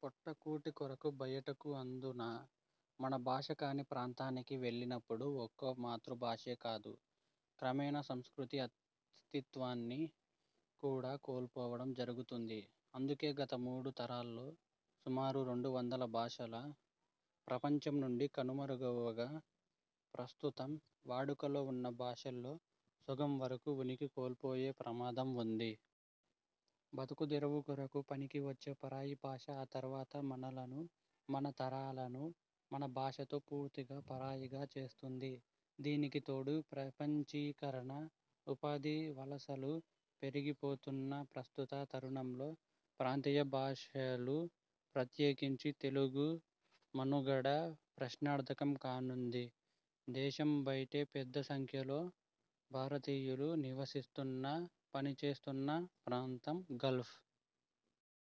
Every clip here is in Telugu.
పొట్ట కూటి కొరకు బయటకు అందునా మన భాష కాని ప్రాంతానికి వెళ్ళినప్పుడు ఒక్క మాతృభాషే కాదు క్రమేణా సంస్కృతి, అస్తిత్వాన్ని కూడా కోల్పోవడం జరుగుతుంది. అందుకే గత మూడు తరాల్లో సుమారు రెండు వందల భాషల ప్రపంచం నుండి కనుమరుగవగా ప్రస్తుతం వాడుకలో ఉన్న భాషల్లో సగం వరకు ఉనికి కోల్పోయే ప్రమాదం ఉంది. బతుకుదెరువు కొరకు పనికివచ్చే పరాయి భాష ఆ తర్వాత మనలను మన తరాలను మన భాషతో పూర్తిగా పరాయిగా చేస్తుంది. దీనికితోడు ప్రపంచీకరణ, ఉపాధి వలసలు పెరిగిపోతున్న ప్రస్తుత తరుణంలో ప్రాంతీయ భాషలు, ప్రత్యేకించి తెలుగు మనుగడ ప్రశ్నార్థకం కానుంది. దేశంబైట పెద్ద సంఖ్యలో భారతీయులు నివసిస్తున్న, పనిచేస్తున్న ప్రాంతం గల్ఫ్.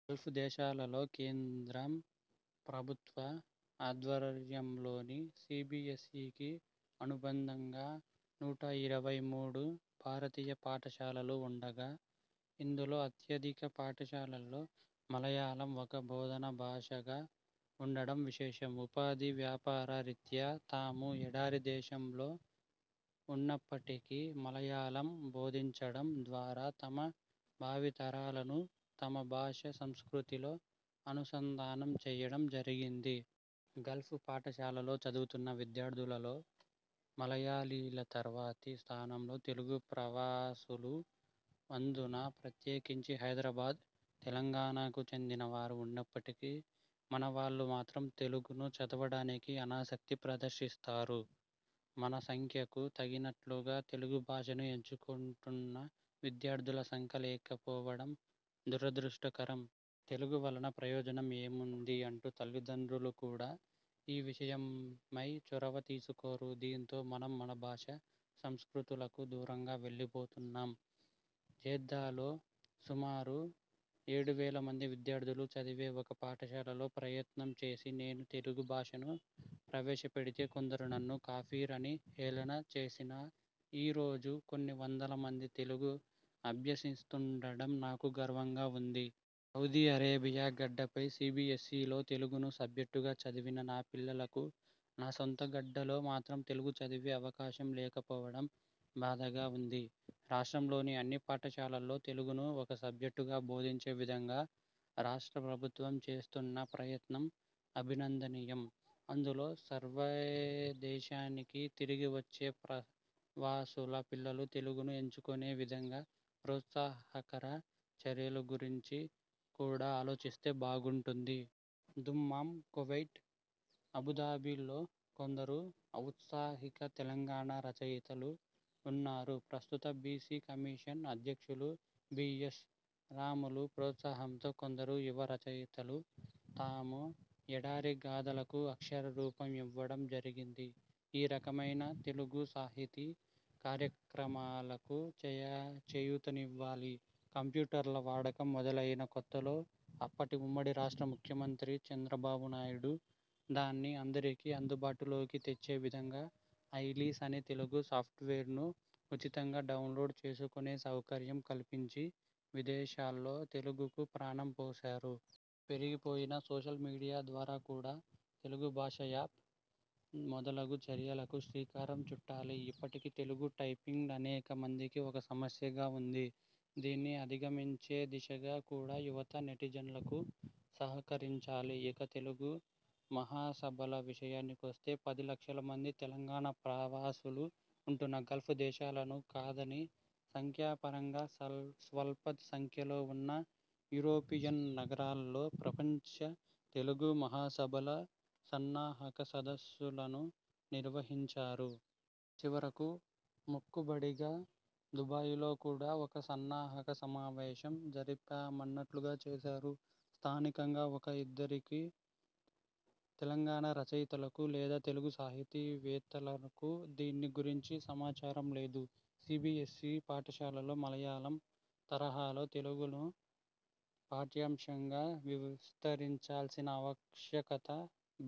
గల్ఫ్ దేశాలలో కేంద్ర ప్రభుత్వ ఆధ్వర్యంలోని సీబీయస్ఈకి అనుబంధంగా నూట ఇరవై మూడు భారతీయ పాఠశాలలు ఉండగా ఇందులో అత్యధిక పాఠశాలల్లో మలయాళం ఒక బోధన భాషగా ఉండడం విశేషం. ఉపాధి, వ్యాపార రీత్యా తాము ఎడారి దేశంలో ఉన్నప్పటికీ మలయాళం బోధించడం ద్వారా తమ భావి తరాలను తమ భాష, సంస్కృతితో అనుసంధానం చేయడం జరిగింది. గల్ఫ్ పాఠశాలలో చదువుతున్న విద్యార్థులలో మలయాళీల తర్వాతి స్థానంలో తెలుగు ప్రవా సులు, అందునా ప్రత్యేకించి హైదరాబాద్, తెలంగాణకు చెందిన వారు ఉన్నప్పటికీ మన వాళ్ళు మాత్రం తెలుగును చదవడానికి అనాసక్తి ప్రదర్శిస్తారు. మన సంఖ్యకు తగినట్లుగా తెలుగు భాషను ఎంచుకొంటున్న విద్యార్థుల సంఖ్య లేకపోవడం దురదృష్టకరం. తెలుగు వలన ప్రయోజనం ఏముంది అంటూ తల్లిదండ్రులు కూడా ఈ విషయమై చొరవ తీసుకోరు. దీంతో మనం మన భాష, సంస్కృతులకు దూరంగా వెళ్ళిపోతున్నాం. జెద్ధాలో సుమారు ఏడువేల మంది విద్యార్థులు చదివే ఒక పాఠశాలలో ప్రయత్నం చేసి నేను తెలుగు భాషను ప్రవేశపెడితే కొందరు నన్ను 'కాఫీర్' అని హేళన చేసినా ఈ రోజు కొన్ని వందల మంది తెలుగు అభ్యసిస్తుండటం నాకు గర్వంగా ఉంది. సౌదీ అరేబియా గడ్డపై సీబీయస్ఈలో తెలుగును సబ్జెక్టుగా చదివిన నా పిల్లలకు నా సొంత గడ్డలో మాత్రం తెలుగు చదివే ఆవకాశం లేకపోవడం బాధగా ఉంది. రాష్ట్రంలోని అన్ని పాఠశాలల్లో తెలుగును ఒక సబ్జెక్టుగా బోధించే విధంగా రాష్ట్ర ప్రభుత్వం చేస్తున్న ప్రయత్నం అభినందనీయం. అందులో సర్వ దేశానికి తిరిగి వచ్చే ప్రవాసుల పిల్లలు తెలుగును ఎంచుకొనే విధంగా ప్రోత్సాహకర చర్యల గురించి కూడా ఆలోచిస్తే బాగుంటుంది. దుమ్మాం, కువైట్, అబుధాబిలలో కొందరు ఔత్సాహిక తెలంగాణ రచయితలు ఉన్నారు. ప్రస్తుత బీసీ కమిషన్ అధ్యక్షులు బి. యస్. రాములు ప్రోత్సాహంతో కొందరు యువ రచయితలు తాము ఎడారి గాథలకు అక్షర రూపం ఇవ్వడం జరిగింది. ఈ రకమైన తెలుగు సాహితీ కార్యక్రమాలకు చేయ చేయూతనివ్వాలి. కంప్యూటర్ల వాడకం మొదలైన కొత్తలో అప్పటి ఉమ్మడి రాష్ట్ర ముఖ్యమంత్రి చంద్రబాబు నాయుడు దాన్ని అందరికీ అందుబాటులోకి తెచ్చే విధంగా ఐలీస్ అనే తెలుగు సాఫ్ట్వేర్ను ఉచితంగా డౌన్ లోడ్ చేసుకొనే సౌకర్యం కల్పించి విదేశాల్లో తెలుగుకు ప్రాణం పోసారు. ఇప్పుడు పెరిగిపోయిన సోషల్ మీడియా ద్వారా కూడా తెలుగు భాష యాప్ మొదలగు చర్యలకు శ్రీకారం చుట్టాలి. ఇప్పటికీ తెలుగు టైపింగ్ అనేక మందికి ఒక సమస్యగా ఉంది. దీన్ని అధిగమించే దిశగా కూడా యువత నెటిజన్లకు సహకరించాలి. ఇక తెలుగు మహాసభల విషయానికి వస్తే, పది లక్షల మంది తెలంగాణ ప్రవాసులు ఉంటున్న గల్ఫ్ దేశాలను కాదని సంఖ్యాపరంగా సల్ప స్వల్ప సంఖ్యలో ఉన్న యూరోపియన్ నగరాల్లో ప్రపంచ తెలుగు మహాసభల సన్నాహక సదస్సులను నిర్వహించారు. చివరకు మొక్కుబడిగా దుబాయిలో కూడ ఒక సన్నాహక సమావేశం జరిపామన్నట్లుగా చేసారు. స్థానికంగా ఉన్న ఒకరిద్దరు తెలంగాణ రచయితలకు, లేదా తెలుగు సాహితీవేత్తలకు దీని గురించి సమాచారం లేదు. సీబీయస్ఈ పాఠశాలలో మలయాళం తరహాలో తెలుగును పాఠ్యాంశంగా విస్తరించాల్సిన ఆవశ్యకత,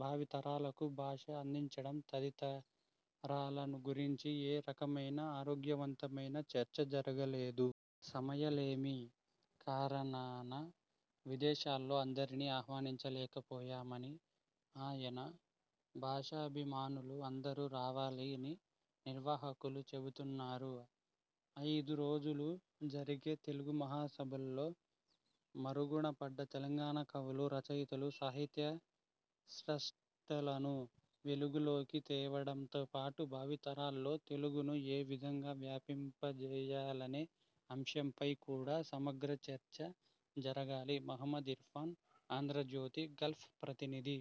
భావి తరాలకు భాష అందించడం తదితరాల గురించి ఏ రకమైన ఆరోగ్యవంతమైన చర్చ జరుగలేదు. సమయలేమి కారణాన విదేశాల్లో అందర్నీ ఆహ్వనించలేకపోయామని, ఆయన భాషాభిమానులు అందరూ రావాలని నిర్వాహకులు చెబుతున్నారు. అయిదు రోజులు జరిగే తెలుగు మహాసభల్లో మరుగునపడ్డ తెలంగాణ కవులు, రచయితలు, సాహిత్య స్రష్టలను వెలుగులోకి తేవడంతో పాటు భావితరాల్లో తెలుగును ఏ విధంగా వ్యాపింపజేయాలనే ఆంశంపై కూడా సమగ్ర చర్చ జరగాలి. మొహమ్మద్ ఇర్ఫాన్ ఆంధ్రజ్యోతి గల్ఫ్ ప్రతినిధి